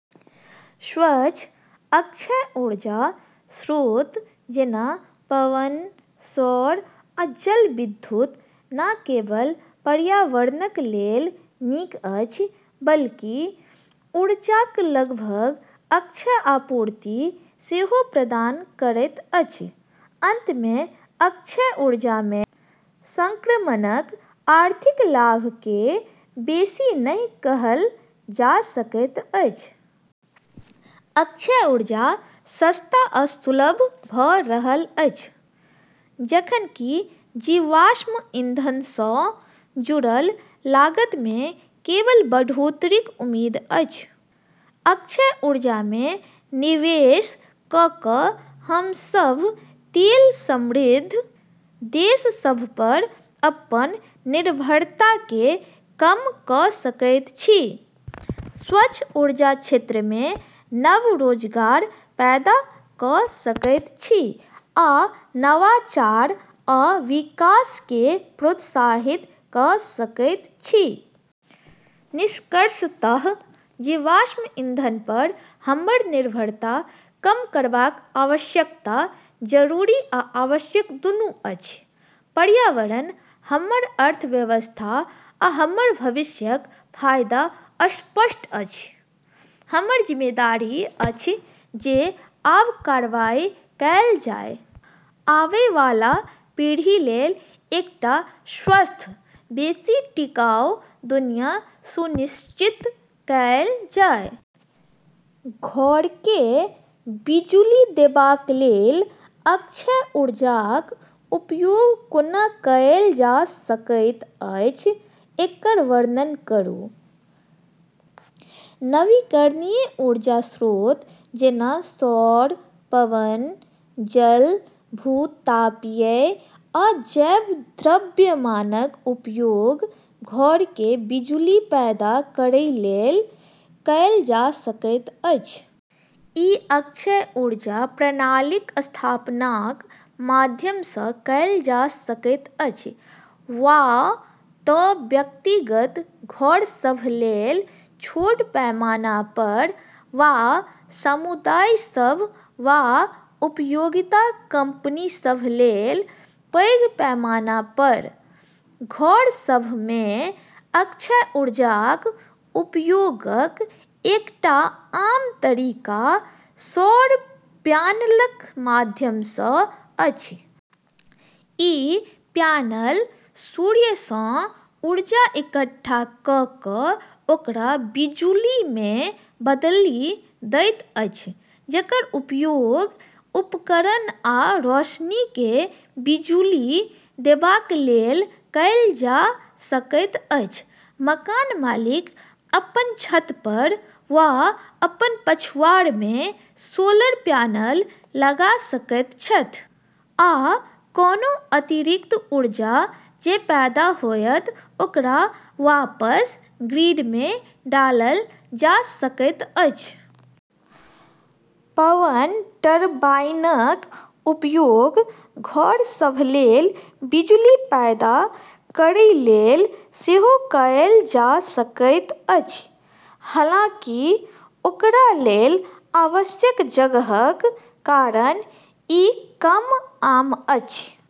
स्वच्छ, अक्षय ऊर्जा स्रोत जेना पवन, सौर, आ जलविद्युत न केवल पर्यावरणक लेल नीक अछि, बल्कि ऊर्जाक लगभग अक्षय आपूर्ति सेहो प्रदान करैत अछि। अन्तमे, अक्षय ऊर्जामे सङ्क्रमणक आर्थिक लाभकेँ बेसी नहि कहल जा सकैत अछि। अक्षय ऊर्जा सस्ता आ सुलभ भऽ रहल अछि, जखन कि जीवाश्म ईन्धनसँ जुड़ल लागतमे केवल बढ़ोतरीक उम्मीद अछि। अक्षय ऊर्जामे निवेश कऽ कऽ हम सभ तेल समृद्ध देशसभपर अपन निर्भरताकेँ कम कऽ सकैत छी, स्वच्छ ऊर्जा क्षेत्रमे नव रोजगार पैदा कऽ सकैत छी, आ नवाचार आ विकासकेँ प्रोत्साहित कऽ सकैत छी। निष्कर्षतः जीवाश्म ईन्धनपर हमर निर्भरता कम करबाक आवश्यकता जरूरी आ आवश्यक दूनू अछि। पर्यावरण, हमर अर्थव्यवस्था, आ हमर भविष्यक फायदा स्पष्ट अछि। हमर जिम्मेदारी अछि जे आब कार्रवाई कएल जाय, आबै वाला पीढ़ीलेल एकटा स्वस्थ, बेसी टिकाऊ दुनिया सुनिश्चित कएल जाय। घरकेँ बिजुली देबाक लेल अक्षय ऊर्जाक उपयोग कोना कएल जा सकैत अछि, एकर वर्णन करू। नवीकरणीय ऊर्जा स्रोत जेना सौर, पवन, जल, भू-तापीय, आ जैव द्रव्यमानक उपयोग घरकेँ बिजुली पैदा करैलेल कएल जा सकैत अछि। ई अक्षय ऊर्जा प्रणालीक स्थापनाक माध्यमसँ कएल जा सकैत अछि, वा तँ व्यक्तिगत घरसभलेल छोट पैमानापर वा समुदायसभ वा उपयोगिता कम्पनीसभलेल पैघ पैमानापर। घरसभमे अक्षय ऊर्जाक उपयोगक एकटा आम तरीका सौर प्यानलक माध्यमसँ अछि। ई प्यानल सूर्यसँ ऊर्जा इकट्ठा कऽ कऽ ओकरा बिजुलीमे बदलि दैत अछि जेकर उपयोग उपकरण आ रोशनीकेँ बिजुली देबाक लेल कएल जा सकैत अछि। मकान मालिक अपन छतपर वा अपन पछुआड़मे सोलर प्यानल लगा सकैत छथि, आ कोनो अतिरिक्त ऊर्जा जे पैदा होयत ओकरा वापस ग्रिडमे डालल जा सकैत अछि। पवन टरबाइनक उपयोग घरसभलेल बिजुली पैदा करैलेल सेहो कएल जा सकैत अछि, हालांकि ओकरालेल आवश्यक जगहक कारण ई कम आम अछि।